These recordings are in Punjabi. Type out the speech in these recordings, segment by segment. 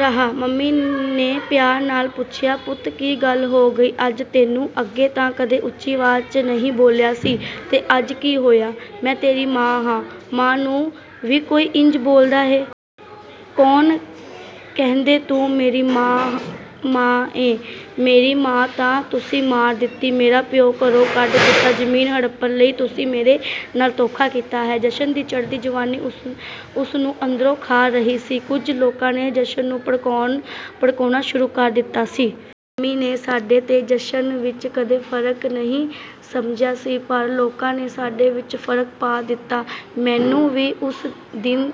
ਰਿਹਾ, ਮੰਮੀ ਨੇ ਪਿਆਰ ਨਾਲ ਪੁੱਛਿਆ, "ਪੁੱਤ, ਕੀ ਗੱਲ ਹੋ ਗਈ ਅੱਜ ਤੈਨੂੰ? ਅੱਗੇ ਤਾਂ ਕਦੇ ਉੱਚੀ ਆਵਾਜ਼ 'ਚ ਨਹੀਂ ਬੋਲਿਆ ਸੀ, ਤੇ ਅੱਜ ਕੀ ਹੋਇਆ? ਮੈਂ ਤੇਰੀ ਮਾਂ ਹਾਂ, ਮਾਂ ਨੂੰ ਵੀ ਕੋਈ ਇੰਝ ਬੋਲਦਾ ਹੈ?" ਕੌਣ ਕਹਿੰਦੈ ਤੂੰ ਮੇਰੀ ਮਾਂ ਐ, ਮੇਰੀ ਮਾਂ ਤਾਂ ਤੁਸੀਂ ਮਾਰ ਦਿੱਤੀ, ਮੇਰਾ ਪਿਉ ਘਰੋਂ ਕੱਢ ਦਿੱਤਾ ਜ਼ਮੀਨ ਹੜੱਪਣ ਲਈ, ਤੁਸੀਂ ਮੇਰੇ ਨਾਲ ਧੋਖਾ ਕੀਤਾ ਹੈ। ਜਸ਼ਨ ਦੀ ਚੜ੍ਹਦੀ ਜਵਾਨੀ ਉਸ ਨੂੰ ਅੰਦਰੋਂ ਖਾ ਰਹੀ ਸੀ, ਕੁਝ ਲੋਕਾਂ ਨੇ ਜਸ਼ਨ ਨੂੰ ਭੜਕਾਉਣਾ ਸ਼ੁਰੂ ਕਰ ਦਿੱਤਾ ਸੀ। ਮੰਮੀ ਨੇ ਸਾਡੇ ਤੇ ਜਸ਼ਨ ਵਿੱਚ ਕਦੇ ਫ਼ਰਕ ਨਹੀਂ ਸਮਝਿਆ ਸੀ ਪਰ ਲੋਕਾਂ ਨੇ ਸਾਡੇ ਵਿੱਚ ਫ਼ਰਕ ਪਵਾ ਦਿੱਤਾ। ਮੈਨੂੰ ਵੀ ਉਸੇ ਦਿਨ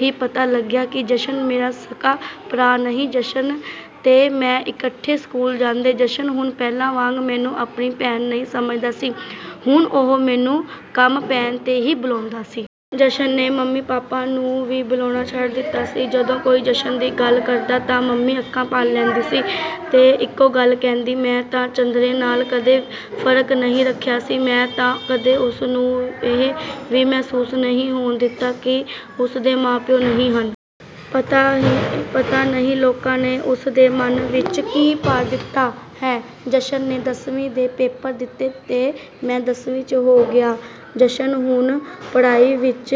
ਹੀ ਪਤਾ ਲੱਗਿਆ ਕਿ ਜਸ਼ਨ ਮੇਰਾ ਸਕਾ ਭਰਾ ਨਹੀਂ। ਜਸ਼ਨ ਤੇ ਮੈਂ ਇਕੱਠੇ ਸਕੂਲ ਜਾਂਦੇ, ਜਸ਼ਨ ਹੁਣ ਪਹਿਲਾਂ ਵਾਂਗ ਮੈਨੂੰ ਆਪਣੀ ਭੈਣ ਨਹੀਂ ਸਮਝਦਾ ਸੀ, ਹੁਣ ਉਹ ਮੈਨੂੰ ਕੰਮ ਪੈਣ ਤੇ ਹੀ ਬੁਲਾਉਂਦਾ ਸੀ। ਜਸ਼ਨ ਨੇ ਮੰਮੀ ਪਾਪਾ ਨੂੰ ਵੀ ਬੁਲਾਉਣਾ ਛੱਡ ਦਿੱਤਾ ਸੀ, ਜਦੋਂ ਕੋਈ ਜਸ਼ਨ ਦੀ ਗੱਲ ਕਰਦਾ ਤਾਂ ਮੰਮੀ ਅੱਖਾਂ ਭਰ ਲੈਂਦੀ ਸੀ ਤੇ ਇੱਕੋ ਗੱਲ ਕਹਿੰਦੀ, ਮੈਂ ਤਾਂ ਚੰਦਰੇ ਨਾਲ ਕਦੇ ਫ਼ਰਕ ਹੀ ਨਹੀਂ ਰੱਖਿਆ ਸੀ, ਮੈਂ ਤਾਂ ਕਦੇ ਉਸ ਨੂੰ ਇਹ ਵੀ ਮਹਿਸੂਸ ਨਹੀਂ ਹੋਣ ਦਿੱਤਾ ਕਿ ਉਸ ਦੇ ਮਾਂ-ਪਿਉ ਨਹੀਂ ਹਨ। ਪਤਾ ਨਹੀਂ ਲੋਕਾਂ ਨੇ ਉਸ ਦੇ ਮਨ ਵਿੱਚ ਕੀ ਭਰ ਦਿੱਤਾ ਹੈ। ਜਸ਼ਨ ਨੇ ਦੱਸਵੀਂ ਦੇ ਪੇਪਰ ਦਿੱਤੇ ਤੇ ਮੈਂ ਦੱਸਵੀਂ ਚ ਹੋ ਗਈ। ਜਸ਼ਨ ਹੁਣ ਪੜ੍ਹਾਈ ਵਿੱਚ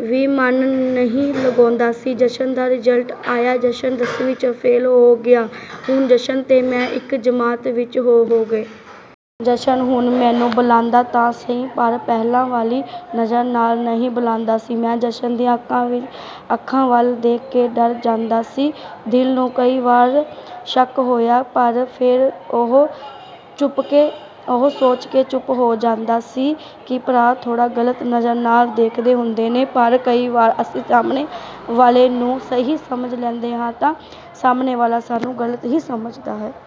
ਵੀ ਮਨ ਨਹੀਂ ਲਗਾਉਂਦਾ ਸੀ, ਜਸ਼ਨ ਦਾ ਰਿਜ਼ਲਟ ਆਇਆ ਜਸ਼ਨ ਦਸਵੀਂ ਚੋਂ ਫੇਲ੍ਹ ਹੋ ਗਿਆ, ਹੁਣ ਜਸ਼ਨ ਤੇ ਮੈਂ ਇੱਕ ਜਮਾਤ ਵਿੱਚ ਹੋ ਹੋ ਗਏ। ਜਸ਼ਨ ਹੁਣ ਮੈਨੂੰ ਬੁਲਾਉਂਦਾ ਤਾਂ ਸੀ ਪਰ ਪਹਿਲਾਂ ਵਾਲੀ ਨਜ਼ਰ ਨਾਲ ਨਹੀਂ ਬੁਲਾਉਂਦਾ ਸੀ। ਮੈਂ ਜਸ਼ਨ ਦੀਆਂ ਅੱਖਾਂ ਵੱਲ ਦੇਖ ਕੇ ਡਰ ਜਾਂਦੀ ਸੀ, ਦਿਲ ਨੂੰ ਕਈ ਵਾਰ ਸ਼ੱਕ ਵੀ ਹੋਇਆ ਪਰ ਫੇਰ ਇਹ ਸੋਚਕੇ ਚੁੱਪ ਹੋ ਜਾਂਦੀ ਸੀ ਕਿ ਭਰਾ ਥੋੜਾਂ ਗਲਤ ਨਜ਼ਰ ਨਾਲ ਦੇਖਦੇ ਹੁੰਦੇ ਨੇ, ਪਰ ਕਈ ਵਾਰ ਅਸੀਂ ਸਾਹਮਣੇ ਵਾਲੇ ਨੂੰ ਸਹੀ ਸਮਝ ਲੈਂਦੇ ਹਾਂ ਤੇ ਸਾਹਮਣੇ ਵਾਲਾ ਸਾਨੂੰ ਗਲਤ ਹੀ ਸਮਝਦਾ ਹੈ।